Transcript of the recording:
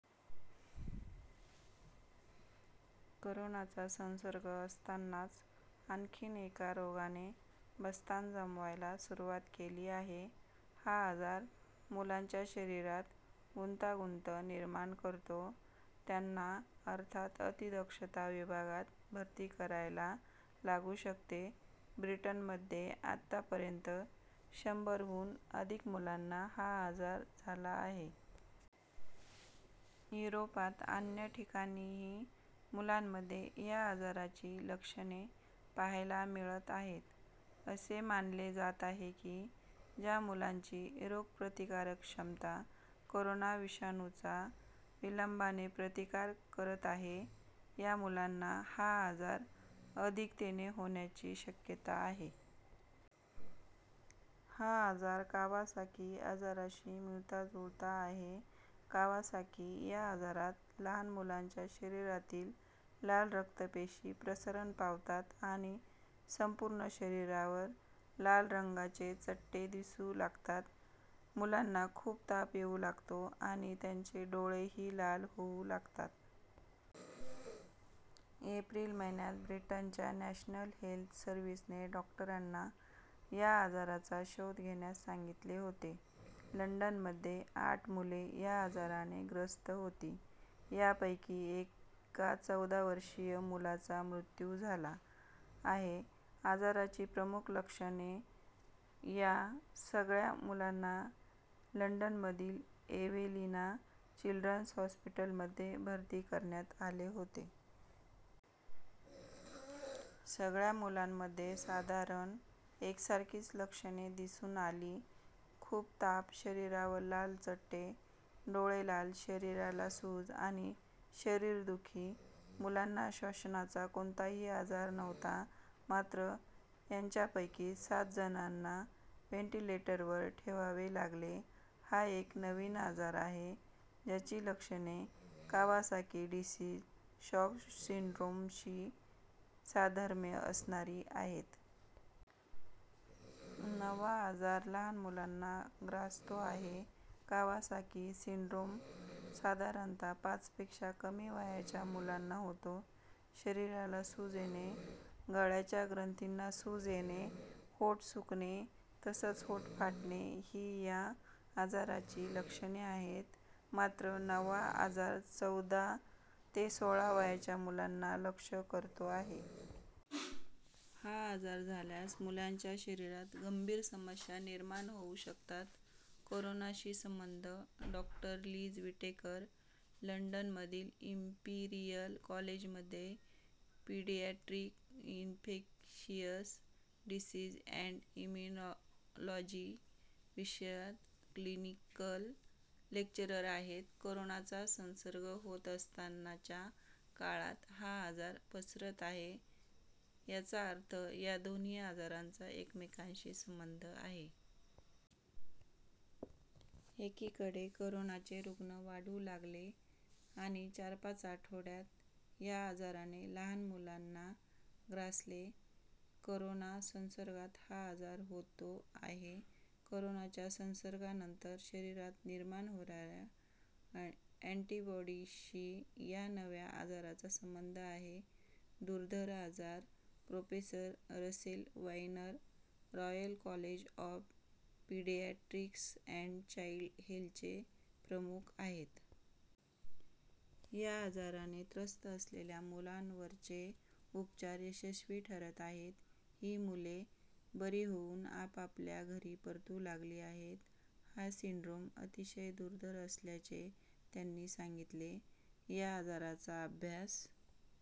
कोरोनाचा संसर्ग असतानाच आणखी एका रोगाने बस्तान जमवायला सुरुवात केली आहे. हा आजार मुलांच्या शरीरात गुंतागुंत निर्माण करतो. त्यांना अर्थात अतिदक्षता विभागात भरती करायला लागू शकते. ब्रिटनमध्ये आतापर्यंत शंभरहून अधिक मुलांना हा आजार झाला आहे. युरोपात अन्य ठिकाणीही मुलांमध्ये या आजाराची लक्षणे पाहायला मिळत आहेत. असे मानले जात आहे की, ज्या मुलांची रोगप्रतिकारक क्षमता कोरोना विषाणूचा विलंबाने प्रतिकार करत आहे या मुलांना हा आजार अधिकतेने होण्याची शक्यता आहे. हा आजार कावासाकी आजाराशी मिळताजुळता आहे. कावासाकी या आजारात लहान मुलांच्या शरीरातील लाल रक्तपेशी प्रसरण पावतात आणि संपूर्ण शरीरावर लाल रंगाचे चट्टे दिसू लागतात. मुलांना खूप ताप येऊ लागतो आणि त्यांचे डोळेही लाल होऊ लागतात. एप्रिल महिन्यात ब्रिटनच्या नॅशनल हेल्थ सर्व्हिसने डॉक्टरांना या आजाराचा शोध घेण्यास सांगितले होते. लंडनमध्ये आठ मुले या आजाराने त्रस्त होती. यापैकी एका चौदावर्षीय मुलाचा मृत्यू झाला आहे. आजाराची प्रमुख लक्षणे - या सगळ्या मुलांना लंडनमधील एवेलिना चिल्ड्रन्स हॉस्पिटलमध्ये भरती करण्यात आले होते. सगळ्या मुलांमध्ये साधारण एकसारखीच लक्षणे दिसून आली- खूप ताप, शरीरावर लाल चट्टे, डोळे लाल, शरीराला सूज आणि शरीरदुखी. मुलांना श्वसनाचा कोणताही आजार नव्हता. मात्र यांच्यापैकी सातजणांना व्हेंटिलेटरवर ठेवावे लागले. हा एक नवीन आजार आहे, ज्याची लक्षणे कावासाकी डिसीज शॉक सिंड्रोमशी साधर्म्य असणारी आहेत. नवा आजार लहान मुलांना ग्रासतो आहे. कावासाकी सिंड्रोम साधारणतः पाचपेक्षा कमी वयाच्या मुलांना होतो. शरीराला सूज येणे, गळ्याच्या ग्रंथींना सूज येणे, ओठ सुकणे तसंच ओठ फाटणे ही या आजाराची लक्षणे आहेत. मात्र नवा आजार चौदा ते सोळा वयाच्या मुलांना लक्ष्य करतो आहे. हा आजार झाल्यास मुलांच्या शरीरात गंभीर समस्या निर्माण होऊ शकतात. कोरोनाशी संबंध - डॉक्टर लिज विटेकर लंडनमधील इंपीरियल कॉलेजमध्ये paediatric infectious disease and immunology विषयात क्लिनिकल लेक्चरर आहेत. कोरोनाचा संसर्ग होत असतानाच्या काळात हा आजार पसरत आहे याचा अर्थ या दोन्ही आजारांचा एकमेकांशी संबंध आहे. एकीकडे कोरोनाचे रुग्ण वाढू लागले आणि चार-पाच आठवड्यात या आजाराने लहान मुलांना ग्रासले. कोरोना संसर्गानंतर हा आजार होतो आहे. कोरोनाच्या संसर्गानंतर शरीरात निर्माण होणाऱ्या अँटिबॉडीशी या नव्या आजाराचा संबंध आहे. दुर्धर आजार - professor Russell Viner Royal College of Paediatrics and Child हेल्थचे प्रमुख आहेत. या आजाराने त्रस्त असलेल्या मुलांवरचे उपचार यशस्वी ठरत आहेत. ही मुले बरी होऊन आपापल्या घरी परतू लागली आहेत. हा सिंड्रोम अतिशय दुर्धर असल्याचे त्यांनी सांगितले. या आजाराचा अभ्यासाचा